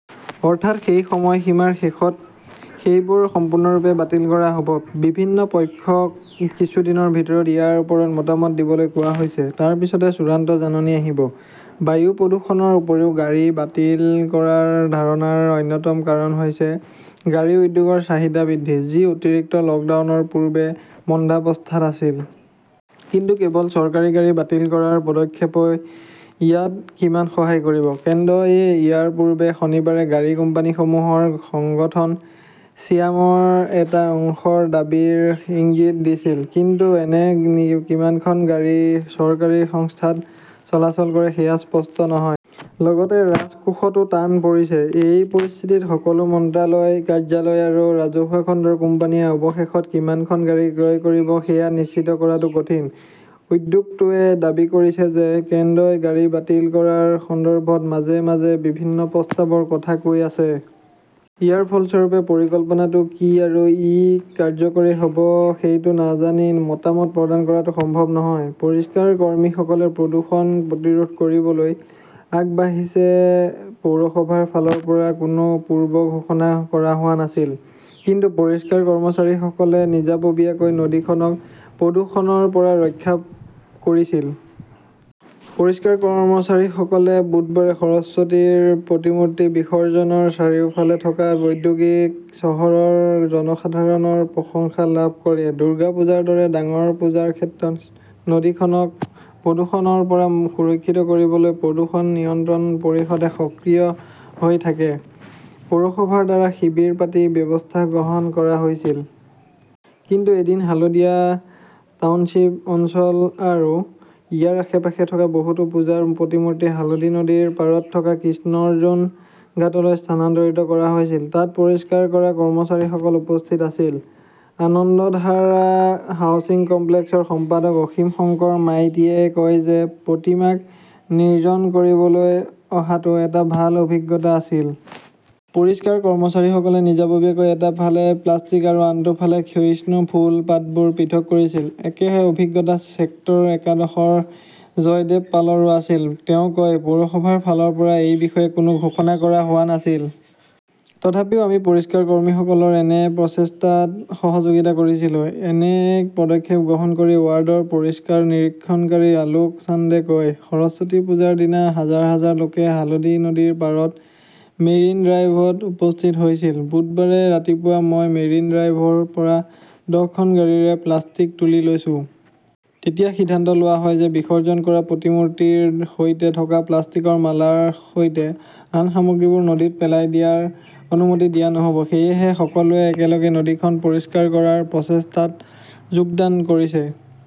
অৰ্থাৎ, সেই সময়সীমাৰ শেষত সেইবোৰ সম্পূৰ্ণৰূপে বাতিল কৰা হ'ব। বিভিন্ন পক্ষক কিছুদিনৰ ভিতৰত ইয়াৰ ওপৰত মতামত দিবলৈ কোৱা হৈছে। তাৰ পিছতে চূড়ান্ত জাননী আহিব। বায়ু প্ৰদূষণৰ উপৰিও, গাড়ী বাতিল কৰাৰ ধাৰণাৰ অন্যতম কাৰণ হৈছে গাড়ী উদ্যোগৰ চাহিদা বৃদ্ধি, যি অতিৰিক্ত লকডাউনৰ পূৰ্বে মন্দাৱস্থাত আছিল। কিন্তু কেৱল চৰকাৰী গাড়ী বাতিল কৰাৰ পদক্ষেপই ইয়াত কিমান সহায় কৰিব? কেন্দ্ৰই ইয়াৰ পূৰ্বে শনিবাৰে গাড়ী কোম্পানীসমূহৰ সংগঠন ছিয়ামৰ এটা অংশৰ দাবীৰ ইংগিত দিছিল। কিন্তু এনে কিমানখন গাড়ী চৰকাৰী সংস্থাত চলাচল কৰে সেয়া স্পষ্ট নহয়। লগতে ৰাজকোষতো টান পৰিছে। এই পৰিস্থিতিত সকলো মন্ত্ৰালয়, কাৰ্যালয় আৰু ৰাজহুৱা খণ্ডৰ কোম্পানীয়ে অৱশেষত কিমানখন গাড়ী ক্ৰয় কৰিব সেয়া নিশ্চিত কৰাটো কঠিন। উদ্যোগটোৱে দাবী কৰিছে যে কেন্দ্ৰই গাড়ী বাতিল কৰাৰ সন্দৰ্ভত মাজে মাজে বিভিন্ন প্ৰস্তাৱৰ কথা কৈ আছে। ইয়াৰ ফলস্বৰূপে পৰিকল্পনাটো কি আৰু ই কি কাৰ্যকৰী হ 'ব সেইটো নাজানি মতামত প্ৰদান কৰাটো সম্ভৱ নহয়। পৰিষ্কাৰ কৰ্মীসকলে প্ৰদূষণ প্ৰতিৰোধ কৰিবলৈ আগবাঢ়িছে পৌৰসভাৰ ফালৰ পৰা কোনো পূৰ্ব ঘোষণা কৰা হোৱা নাছিল। কিন্তু পৰিষ্কাৰ কৰ্মচাৰীসকলে নিজাববীয়াকৈ নদীখনক প্ৰদূষণৰ পৰা ৰক্ষা কৰিছিল। পৰিষ্কাৰ কৰ্মচাৰীসকলে বুধবাৰে সৰস্বতীৰ প্ৰতিমূৰ্তি বিসৰ্জনৰ চাৰিওফালে থকা ঔদ্যোগিক চহৰৰ জনসাধাৰণৰ প্ৰশংসা লাভ কৰে। দুৰ্গা পূজাৰ দৰে ডাঙৰ পূজাৰ ক্ষেত্ৰত নদীখনক প্ৰদূষণৰ পৰা সুৰক্ষিত কৰিবলৈ প্ৰদূষণ নিয়ন্ত্ৰণ পৰিষদে সক্ৰিয় হৈ থাকে। পৌৰসভাৰ দ্বাৰা শিবিৰ পাতি ব্যৱস্থা গ্ৰহণ কৰা হৈছিল। কিন্তু এদিন হালদিয়া টাউনশ্বিপ অঞ্চল আৰু ইয়াৰ আশে-পাশে থকা বহুতো পূজাৰ প্ৰতিমূৰ্তি হালদী নদীৰ পাৰত থকা কৃষ্ণৰ্জুন ঘাটলৈ স্থানান্তৰিত কৰা হৈছিল। তাত পৰিষ্কাৰ কৰা কৰ্মচাৰীসকল উপস্থিত আছিল। আনন্দধাৰা হাউচিং কমপ্লেক্সৰ সম্পাদক অসীম শংকৰ মাইতীয়ে কয় যে প্ৰতিমাক নিৰ্জন কৰিবলৈ অহাটো এটা ভাল অভিজ্ঞতা আছিল। পৰিষ্কাৰ কৰ্মচাৰীসকলে নিজাববীয়াকৈ এটা ফালে প্লাষ্টিক আৰু আনটো ফালে ক্ষয়িষ্ণু ফুল, পাতবোৰ পৃথক কৰিছিল। একে অভিজ্ঞতা ছেক্টৰ একাদশৰ জয়দেব পালৰো আছিল। তেওঁ কয়, পৌৰসভাৰ ফালৰ পৰা এই বিষয়ে কোনো ঘোষণা কৰা হোৱা নাছিল। তথাপিও আমি পৰিষ্কাৰ কৰ্মীসকলৰ এনে প্ৰচেষ্টাত সহযোগিতা কৰিছিলো। এনে এক পদক্ষেপ গ্ৰহণ কৰি ৱাৰ্ডৰ পৰিষ্কাৰ নিৰীক্ষণকাৰী আলোক চান্দে কয়, সৰস্বতী পূজাৰ দিনা হাজাৰ হাজাৰ লোকে হালদী নদীৰ পাৰত মেৰিন ড্ৰাইভত উপস্থিত হৈছিল। বুধবাৰে ৰাতিপুৱা মই মেৰিন ড্ৰাইভৰ পৰা দহখন গাড়ীৰে প্লাষ্টিক তুলি লৈছো। তেতিয়া সিদ্ধান্ত লোৱা হয় যে বিসৰ্জন কৰা প্ৰতিমূৰ্তিৰ সৈতে থকা প্লাষ্টিকৰ মালাৰ সৈতে আন সামগ্ৰীবোৰ নদীত পেলাই দিয়াৰ অনুমতি দিয়া নহ'ব। সেয়েহে সকলোৱে একেলগে নদীখন পৰিষ্কাৰ কৰাৰ প্ৰচেষ্টাত যোগদান কৰিছে।